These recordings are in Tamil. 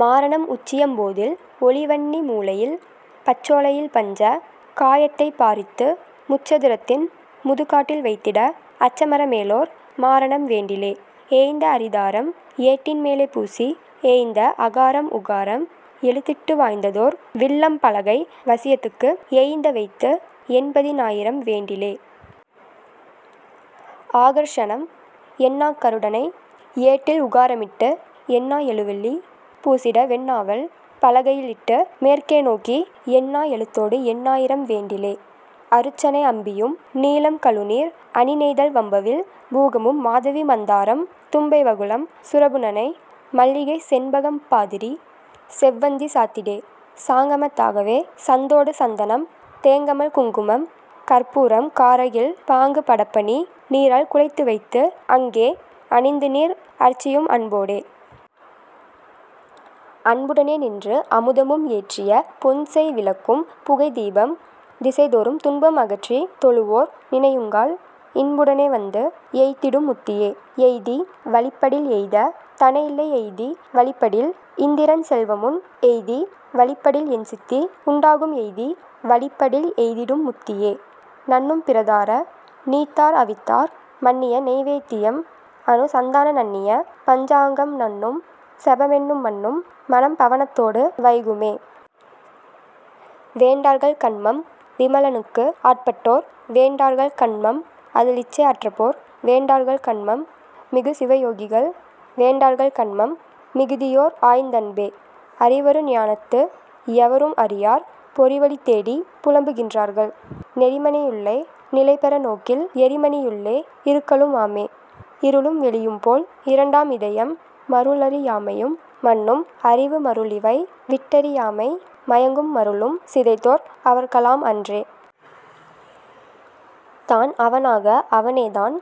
மாரணம் உச்சியம் போதில் ஒளிவன்னி மூலையில் பச்சோலை யில் பஞ்ச காயத்தைப் பாரித்து முச்சது ரத்தின் முதுகாட்டில் வைத்திட அச்சமற மேலோர் மாரணம் வேண்டிலே. ஏய்ந்த அரிதாரம் ஏட்டின்மே லேபூசி ஏய்ந்த அகாரம் உகாரம் எழுத்திட்டு வாய்ந்ததோர் வில்லம் பலகை வசியத்துக்கு ஏய்ந்தவைத்து எண்பதி னாயிரம் வேண்டிலே.. ஆகர்ஷணம் எண்ணாக் கருடனை ஏட்டில் உகாரமிட்டு எண்ணாப் எழுவெள்ளி பூசிடா வெண்ணாவல் பலகையில் இட்டுமேற் கேநோக்கி எண்ணா எழுத்தோடுஎண்ணாயிரம் வேண்டிலே.. அருச்சனை அம்புயம் நீலம் கழுநீர் அணிநெய்தல் வம்பவிழ் பூகமும் மாதவி மந்தாரம் தும்பை வகுளம் சுரபுனனை மல்லிகை செண்பகம் பாதிரி செவ்வந்தி சாத்திடே. சாங்கம தாகவே சந்தொடு சந்தனம் தேங்கமழ் குங்குமம் கர்ப்பூரம் காரகில் பாங்கு படப்பனி நீரால் குழைத்துவைத்து ஆங்கே அணிந்துநீர் அர்ச்சியும் அன்பொடே. அன்புடனே நின்று அமுதமும் ஏற்றியே பொன்செய் விளக்கும் புகைதீபம் திசைதொறும் துன்பம் அகற்றித் தொழுவோர் நினையுங்கால் இன்புட னேவந்து எய்திடும் முத்தியே. எய்தி வழிப்படில் எய்தா தனஇல்லை எய்தி வழிப்படில் இந்திரன் செல்வமுன் எய்தி வழிப்படில் எண்சித்தி உண்டாகும் எய்தி வழிப்படில் எய்திடும் முத்தியே. நண்ணும் பிறதார நீத்தார் அவித்தார் மண்ணிய நைவேத் தியம்அனு சந்தான நண்ணிய பஞ்சாங்கம் நண்ணும் செபமென்னும் மன்னும் மனம்பவ னத்தோடு வைகுமே. வேண்டார்கள் கன்மம் விமலனுக்கு ஆட்பட்டோ ர் வேண்டார்கள் கன்மம் அதில்இச்சை அற்றபேர் வேண்டார்கள் கன்மம் மிகுசிவ யோகிகள் வேண்டார்கள் கன்மம் மிகுதியோர் ஆய்ந்தன்பே. அறிவரு ஞானத்து எவரும் அறியார் பொறிவழி தேடிப் புலம்புகின்றார்கள் நெறிமனை யுள்ளே நிலைபெற நோக்கில் எறிமணி யுள்ளே இருக்கலும் ஆமே. இருளும் வெளியும்போல் இரண்டாம் இதயம் மருளறி யாமையும் மன்னும் அறிவு மருளிவை விட்டெறி யாமை மயங்கும் மருளும் சிதைத்தோர் அவர்களாம் அன்றே. தான்அவ னாக அவனேதான்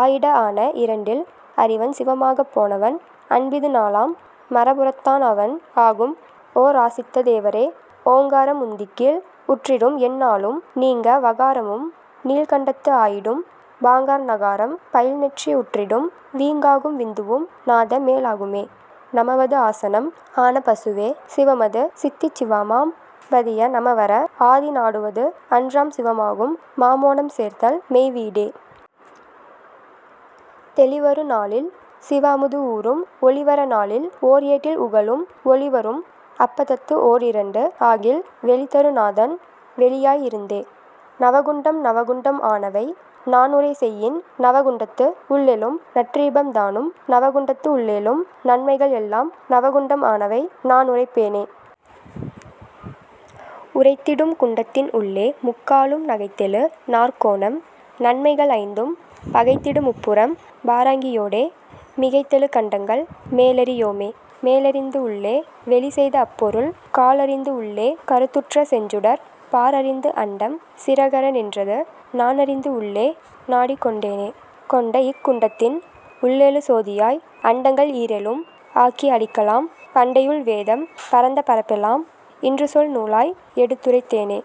ஆயிட ஆன இரண்டில் அறிவன் சிவமாகப் போனவன் அன்பிது நாலாம் மரபுறத் தான்அவன் ஆகும்ஓ ராசித்த தேவரே. ஓங்காரம் உந்திக்கீழ் உற்றிடும் எந்நாளும் நீங்கா வகாரமும் நீள்கண்டத்து ஆயிடும் பாங்கார் நகாரம் பயில்நெற்றி உற்றிடும் வீங்காகும் விந்துவும் நாதமே லாகுமே. நமவது ஆசனம் ஆன பசுவே சிவமது சித்திச் சிவமாம் பதியே நமவற ஆதி நாடுவது அன்றாம் சிவமாகும் மாமோனம் சேர்தல்மெய் வீடே. தெளிவரு நாளில் சிவஅமுது ஊறும் ஒளிவரு நாளில் ஓர்ஏட்டில் உகளும் ஒளிவரும் அப்பதத்து ஓர் இரண்டு ஆகில் வெளிதரு நாதன் வெளியாய் இருந்தே.. நவகுண்டம் நவகுண்டம் ஆனவை நான்உரை செய்யின் நவகுண்டத்து உள்ளெழும் நற்றீபம் தானும் நவகுண்டத்து உள்ளெழும் நன்மைகள் எல்லாம் நவகுண்டம் ஆனவை நான்உரைப் பேனே. உரைத்திடும் குண்டத்தின் உள்ளே முக்காலும் நகைத்தெழு நாற்கோணம் நன்மை கள்ஐந்தும் பகைத்திடு முப்புரம் பாரங்கி யோடே மிகைத்தெழு கண்டங்கள் மேலறி யோமே. மேலெறிந்து உள்ளே வெளிசெய்த அப்பொருள் கால்அறிந்து உள்ளே கருத்துற்ற செஞ்சுடர் பார்அறிந்து அண்டம் சிறகற நின்றது நான்அறிந்து உள்ளே நாடிக்கொண் டேனே. கொண்டஇக் குண்டத்தின் உள்ளெழு சோதியாய் அண்டங்கள் ஈரேழும் ஆக்கி அழிக்கலாம் பண்டையுள் வேதம் பரந்த பரப்பெலாம் இன்றுசொல் நூலாய் எடுத்துரைத் தேனே.